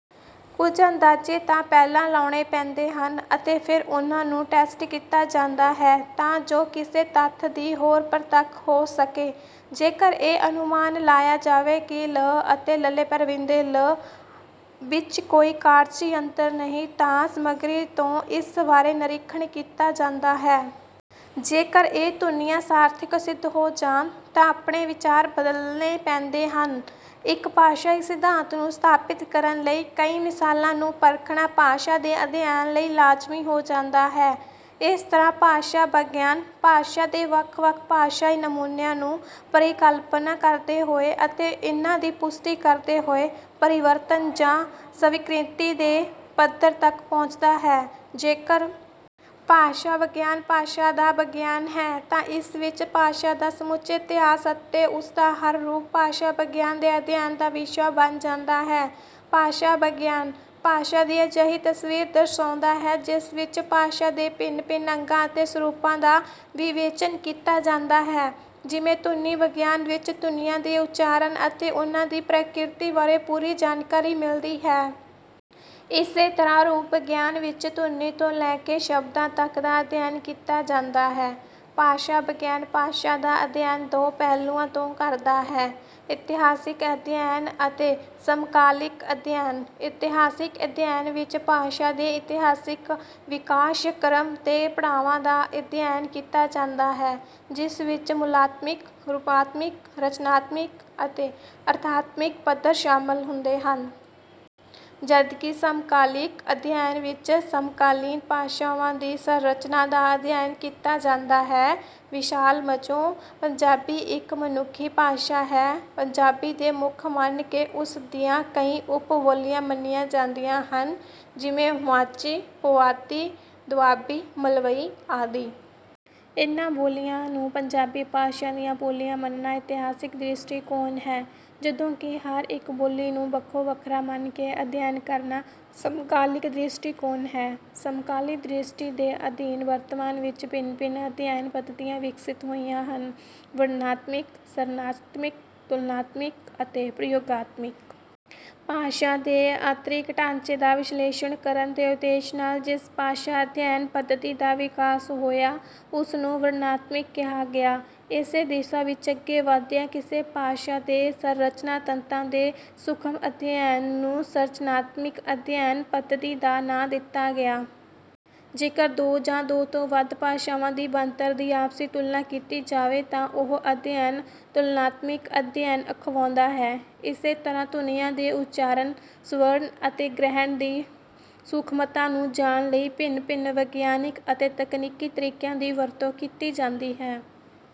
ਕੁਝ ਅੰਦਾਜ਼ੇ ਤਾਂ ਪਹਿਲਾਂ ਲਾਉਣੇ ਪੈਂਦੇ ਹਨ ਅਤੇ ਫੇਰ ਉਹਨਾਂ ਨੂੰ ਟੈਸਟ ਕੀਤਾ ਜਾਂਦਾ ਹੈ, ਤਾਂ ਜੋ ਕਿਸੇ ਤੱਥ ਦੀ ਹੋਂਦ ਪ੍ਰਤੱਖ ਹੋ ਸਕੇ। ਜੇਕਰ ਇਹ ਅਨੁਮਾਨ ਲਾਇਆ ਜਾਵੇ ਕਿ 'ਲ' ਅਤੇ 'ਲ਼' ਵਿੱਚ ਕੋਈ ਕਾਰਜੀ ਅੰਤਰ ਨਹੀਂ, ਤਾਂ ਸਮਗਰੀ ਤੋਂ ਇਸ ਬਾਰੇ ਨਿਰੀਖਣ ਕੀਤਾ ਜਾਂਦਾ ਹੈ। ਜੇਕਰ ਇਹ ਧੁਨੀਆਂ ਸਾਰਥਕ ਸਿੱਧ ਹੋ ਜਾਣ, ਤਾਂ ਆਪਣੇ ਵਿਚਾਰ ਬਦਲਣੇ ਪੈਂਦੇ ਹਨ। ਇੱਕ ਭਾਸ਼ਾਈ ਸਿਧਾਂਤ ਨੂੰ ਸਥਾਪਿਤ ਕਰਨ ਲਈ ਕਈ ਮਿਸਾਲਾਂ ਨੂੰ ਪਰਖਣਾ ਭਾਸ਼ਾ ਦੇ ਅਧਿਐਨ ਲਈ ਲਾਜ਼ਮੀ ਹੋ ਜਾਂਦਾ ਹੈ। ਇਸ ਤਰ੍ਹਾਂ ਭਾਸ਼ਾ-ਵਿਗਿਆਨ, ਭਾਸ਼ਾ ਦੇ ਵੱਖ-ਵੱਖ ਭਾਸ਼ਾਈ ਨਮੂਨਿਆਂ ਦੀ ਪਰਿਕਲਪਨਾ ਕਰਦੇ ਹੋਏ ਅਤੇ ਇਹਨਾਂ ਦੀ ਪੁਸ਼ਟੀ ਕਰਦੇ ਹੋਏ, ਪਰਿਵਰਤਨ ਜਾਂ ਸਵੀਕ੍ਰਿਤੀ ਦੇ ਪੱਧਰ ਤੱਕ ਪਹੁੰਚਦਾ ਹੈ। ਜੇਕਰ ਭਾਸ਼ਾ-ਵਿਗਿਆਨ ਭਾਸ਼ਾ ਦਾ ਵਿਗਿਆਨ ਹੈ, ਤਾਂ ਇਸ ਵਿੱਚ ਭਾਸ਼ਾ ਦਾ ਸਮੁੱਚਾ ਇਤਿਹਾਸ ਅਤੇ ਉਸ ਦਾ ਹਰ ਰੂਪ ਭਾਸ਼ਾ-ਵਿਗਿਆਨ ਦੇ ਅਧਿਐਨ ਦਾ ਵਿਸ਼ਾ ਬਣ ਜਾਂਦਾ ਹੈ। ਭਾਸ਼ਾ-ਵਿਗਿਆਨ, ਭਾਸ਼ਾ ਦੀ ਅਜਿਹੀ ਤਸਵੀਰ ਦਰਸਾਉਂਦਾ ਹੈ ਜਿਸ ਵਿੱਚ ਭਾਸ਼ਾ ਦੇ ਭਿੰਨ-ਭਿੰਨ ਅੰਗਾਂ ਅਤੇ ਸਰੂਪਾਂ ਦਾ ਵਿਵੇਚਨ ਕੀਤਾ ਜਾਂਦਾ ਹੈ; ਜਿਵੇਂ ਧੁਨੀ-ਵਿਗਿਆਨ ਵਿੱਚ ਧੁਨੀਆਂ ਦੇ ਉਚਾਰਨ ਅਤੇ ਉਹਨਾਂ ਦੀ ਪ੍ਰਕਿਰਤੀ ਬਾਰੇ ਪੂਰੀ ਜਾਣਕਾਰੀ ਮਿਲਦੀ ਹੈ। ਇਸੇ ਤਰ੍ਹਾਂ ਰੂਪ-ਵਿਗਿਆਨ ਵਿੱਚ ਧੁਨੀ ਤੋਂ ਲੈ ਕੇ ਸ਼ਬਦਾਂ ਤੱਕ ਦਾ ਅਧਿਐਨ ਕੀਤਾ ਜਾਂਦਾ ਹੈ। ਭਾਸ਼ਾ-ਵਿਗਿਆਨੀ ਭਾਸ਼ਾ ਦਾ ਅਧਿਐਨ ਦੋ ਪਹਿਲੂਆਂ ਤੋਂ ਕਰਦਾ ਹੈ: ਇਤਿਹਾਸਿਕ ਅਧਿਐਨ ਅਤੇ ਸਮਕਾਲਿਕ ਅਧਿਐਨ। ਇਤਿਹਾਸਿਕ ਅਧਿਐਨ ਵਿੱਚ ਭਾਸ਼ਾ ਦੇ ਇਤਿਹਾਸਿਕ ਵਿਕਾਸ ਕ੍ਰਮ ਦੇ ਪੜਾਵਾਂ ਦਾ ਅਧਿਐਨ ਕੀਤਾ ਜਾਂਦਾ ਹੈ, ਜਿਸ ਵਿੱਚ ਮੂਲਾਤਮਿਕ, ਰੂਪਾਤਮਿਕ, ਰਚਨਾਤਮਿਕ ਅਤੇ ਅਰਥਾਤਮਿਕ ਪੱਧਰ ਸ਼ਾਮਲ ਹੁੰਦੇ ਹਨ। ਜਦਕਿ ਸਮਕਾਲਿਕ ਅਧਿਐਨ ਵਿੱਚ ਸਮਕਾਲੀਨ ਭਾਸ਼ਾਵਾਂ ਦੀ ਸੰਰਚਨਾ ਦਾ ਅਧਿਐਨ ਕੀਤਾ ਜਾਂਦਾ ਹੈ। ਮਿਸਾਲ ਵਜੋਂ, ਪੰਜਾਬੀ ਇੱਕ ਮਨੁੱਖੀ ਭਾਸ਼ਾ ਹੈ। ਪੰਜਾਬੀ ਨੂੰ ਮੁੱਖ ਮੰਨ ਕੇ ਉਸ ਦੀਆਂ ਕਈ ਉਪ-ਬੋਲੀਆਂ ਮੰਨੀਆਂ ਜਾਂਦੀਆਂ ਹਨ; ਜਿਵੇਂ—ਮਾਝੀ, ਪੁਆਧੀ, ਦੁਆਬੀ, ਮਲਵਈ ਆਦਿ। ਇਹਨਾਂ ਬੋਲੀਆਂ ਨੂੰ ਪੰਜਾਬੀ ਭਾਸ਼ਾ ਦੀਆਂ ਬੋਲੀਆਂ ਮੰਨਣਾ ਇਤਿਹਾਸਿਕ ਦ੍ਰਿਸ਼ਟੀਕੋਣ ਹੈ, ਜਦੋਂ ਕਿ ਹਰ ਇੱਕ ਬੋਲੀ ਨੂੰ ਵੱਖੋ-ਵੱਖਰਾ ਮੰਨ ਕੇ ਅਧਿਐਨ ਕਰਨਾ ਸਮਕਾਲਿਕ ਦ੍ਰਿਸ਼ਟੀਕੋਣ ਹੈ। ਸਮਕਾਲੀ ਦ੍ਰਿਸ਼ਟੀ ਦੇ ਅਧੀਨ ਵਰਤਮਾਨ ਵਿੱਚ ਭਿੰਨ-ਭਿੰਨ ਅਧਿਐਨ-ਪੱਧਤੀਆਂ ਵਿਕਸਿਤ ਹੋਈਆਂ ਹਨ: ਵਰਣਨਾਤਮਿਕ, ਸੰਰਚਨਾਤਮਿਕ, ਤੁਲਨਾਤਮਿਕ ਅਤੇ ਪ੍ਰਯੋਗਾਤਮਿਕ। ਭਾਸ਼ਾ ਦੇ ਆਂਤਰਿਕ ਢਾਂਚੇ ਦਾ ਵਿਸ਼ਲੇਸ਼ਣ ਕਰਨ ਦੇ ਉਦੇਸ਼ ਨਾਲ ਜਿਸ ਭਾਸ਼ਾ-ਅਧਿਐਨ ਪੱਧਤੀ ਦਾ ਵਿਕਾਸ ਹੋਇਆ, ਉਸ ਨੂੰ 'ਵਰਣਨਾਤਮਿਕ' ਕਿਹਾ ਗਿਆ। ਇਸੇ ਦਿਸ਼ਾ ਵਿੱਚ ਅੱਗੇ ਵਧਦਿਆਂ ਕਿਸੇ ਭਾਸ਼ਾ ਦੇ ਸੰਰਚਨਾ-ਤੱਤਾਂ ਦੇ ਸੂਖ਼ਮ ਅਧਿਐਨ ਨੂੰ 'ਸੰਰਚਨਾਤਮਿਕ ਅਧਿਐਨ ਪੱਧਤੀ' ਦਾ ਨਾਂ ਦਿੱਤਾ ਗਿਆ। ਜੇਕਰ ਦੋ ਜਾਂ ਦੋ ਤੋਂ ਵੱਧ ਭਾਸ਼ਾਵਾਂ ਦੀ ਬਣਤਰ ਦੀ ਆਪਸੀ ਤੁਲਨਾ ਕੀਤੀ ਜਾਵੇ, ਤਾਂ ਉਹ ਅਧਿਐਨ 'ਤੁਲਨਾਤਮਿਕ ਅਧਿਐਨ' ਅਖਵਾਉਂਦਾ ਹੈ। ਇਸੇ ਤਰ੍ਹਾਂ ਧੁਨੀਆਂ ਦੇ ਉਚਾਰਨ, ਸ਼੍ਰਵਣ ਅਤੇ ਗ੍ਰਹਿਣ ਦੀ ਸੂਖ਼ਮਤਾ ਨੂੰ ਜਾਣਨ ਲਈ ਭਿੰਨ-ਭਿੰਨ ਵਿਗਿਆਨਿਕ ਅਤੇ ਤਕਨੀਕੀ ਤਰੀਕਿਆਂ ਦੀ ਵਰਤੋਂ ਕੀਤੀ ਜਾਂਦੀ ਹੈ।